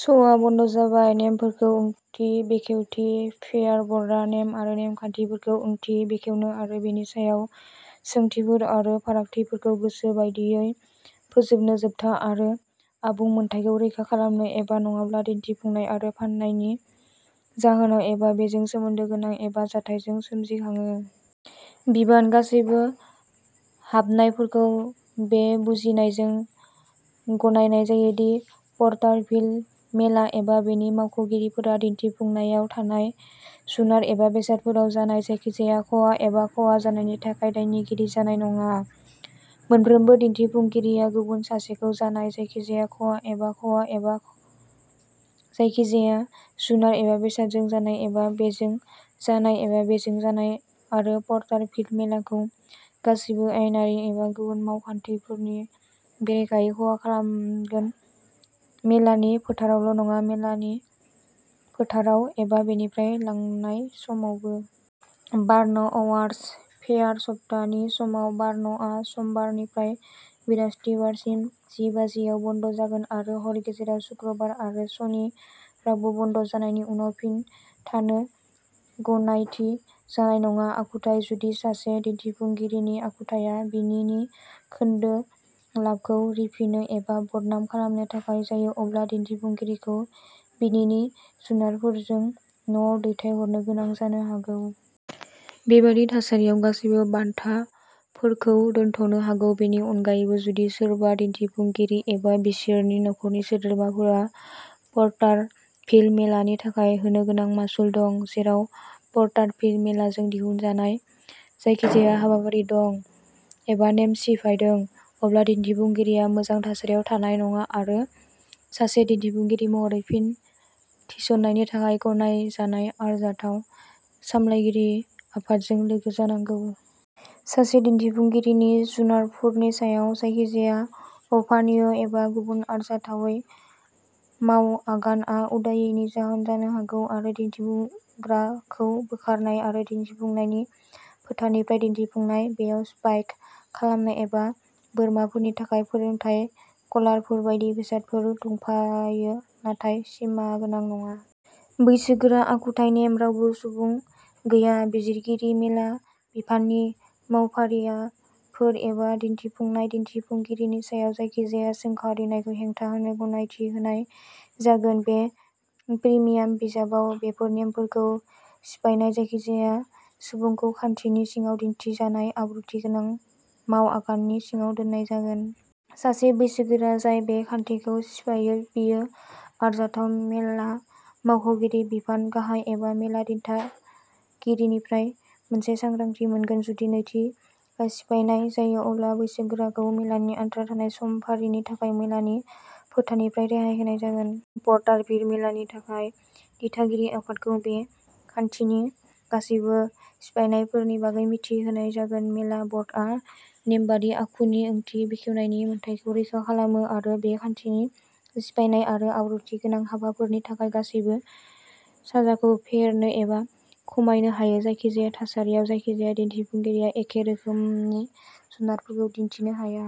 श'आ बन्द जाबाय। नेमफोरखौ ओंथि बेखेवथिः फ्रेयार बर्डआ नेम आरो नेमखान्थिफोरखौ ओंथि बेखेवनो आरो बेनि सायाव सोंथिफोर आरो फारागथिफोरखौ गोसो बायदियै फोजोबनो जोबथा आरो आबुं मोन्थाइखौ रैखा खालामो, एबा नङाब्ला दिन्थिफुंनाय आरो फान्नायनि जाहोनाव, एबा बेजों सोमोन्दो गोनां, एबा जाथायजों सोमजिखाङो। बिबानः गासैबो हाबनायफोरखौ बे बुजिनायजों गनायनाय जायो दि पर्टारभिल मेला एबा बेनि मावख'गिरिफोरा, दिन्थिफुंनायाव थानाय जुनार एबा बेसादफोराव जानाय जायखिजाया खहा एबा खहा जानायनि थाखाय दायनिगिरि जानाय नङा। मोनफ्रोमबो दिन्थिफुंगिरिया गुबुन सासेखौ जानाय जायखिजाया खहा एबा खहा, एबा जायखिजाया जुनार एबा बेसादजों जानाय, एबा बेजों जानाय, एबा बेजों जानाय, आरो पर्टारभिल मेलाखौ गासैबो आयेनारि एबा गुबुन मावखान्थिफोरनि बेरेखायै खहा खालामगोन, मेलानि फोथारावल'नङा, मेलानि फोथाराव एबा बेनिफ्राय लांनाय समावबो। बार्न अवार्सः फेयार सप्ताहनि समाव बार्नआ समबारनिफ्राय बृरास्तिबारसिम जि बाजिआव बन्द जागोन आरो हर गेजेराव शुक्रबार। आरो सनि। रावबो बन्द'जानायनि उनाव फिन थानो गनायथि जानाय नङा! आखुथाइः जुदि सासे दिन्थिफुंगिरिनि आखुथाया बिनि नि खोन्दो लाबखौ रिफिनो एबा बदनाम खालामनो थाखाय जायो, अब्ला दिन्थिफुंगिरिखौ बिनि नि जुनारफोरजों न'आव दैथायहरनो गोनां जानो हागौ। बेबादि थासारियाव, गासैबो बान्थाफोरखौ दोनथ'नो हागौ। बेनि अनगायैबो, जुदि सोरबा दिन्थिफुंगिरि एबा बिसोरनि नखरनि सोद्रोमाफोरा पर्टारभिल मेलानि थाखाय होनोगोनां मासुल दं, जेराव पर्टारभिल मेलाजों दिहुनजानाय जायखिजाया हाबाफारि दं एबा नेम सिफायदों, अब्ला दिन्थिफुंगिरिया मोजां थासारियाव थानाय नङा आरो सासे दिन्थिफुंगिरि महरै फिन थिसननायनि थाखाय गनायजानाय आरजाथाव सामलायगिरि आफादजों लोगो जानांगौ। सासे दिन्थिफुंगिरिनि जुनारफोरनि सायाव जायखिजाया अबानिय एबा गुबुन आरजाथावै मावआगानआ उदायैनि जाहोन जानो हागौ, आरो दिन्थिफुंग्राखौ बोखारनाय आरो दिन्थिफुंनायनि फोथारनिफ्राय दिन्थिफुंनाय। बेयाव स्पाइक खालामनाय एबा बोरमाफोरनि थाखाय फोरोंथाय कलारफोर बायदि बेसादफोर दंफायो नाथाय सिमागोनां नङा। बैसोगोरा आखुथाय नेमः रावबो सुबुं गैया। बिजिरगिरि, मेला, बिफाननि मावफारियाफोर एबा दिन्थिफुंनाय/दिन्थिफुंगिरिनि सायाव जायखिजाया सोंखारिनायखौ हेंथा होनो गनायथि होनाय जागोन। बे प्रिमियाम बिजाबाव बेफोर नेमफोरखौ सिफायनाय जायखिजाया सुबुंखौ खान्थिनि सिङाव दिनथिजानाय आब्रुथि गोनां मावआगाननि सिङाव दोननाय जागोन। सासे बैसोगोरा जाय बे खान्थिखौ सिफायो, बियो आरजाथाव मेला मावख'गिरि, बिफान गाहाय एबा मेला दिथागिरिनिफ्राय मोनसे सांग्रांथि मोनगोन। जुदि नैथि सिफायनाय जायो, अब्ला बैसोगोराखौ मेलानि आद्रा थानाय समफारिनि थाखाय मेलानि फोथारनिफ्राय रेहाय होनाय जागोन। पर्टारभिल मेलानि थाखाय दिथागिरि आफादखौ बे खान्थिनि गासैबो सिफायनायफोरनि बागै मिथि होनाय जागोन। मेला बर्डआ नेमबादि आखुनि ओंथि बेखेवनायनि मोन्थाइखौ रैखा खालामो आरो बे खान्थिनि सिफायनाय आरो आब्रुथि गोनां हाबाफोरनि थाखाय गासैबो साजाखौ फेहेरनो एबा खमायनो हायो। जायखिजाया थासारियाव जायखिजाया दिन्थिफुंगिरिया एखे रोखोमनि जुनारफोरखौ दिन्थिनो हाया।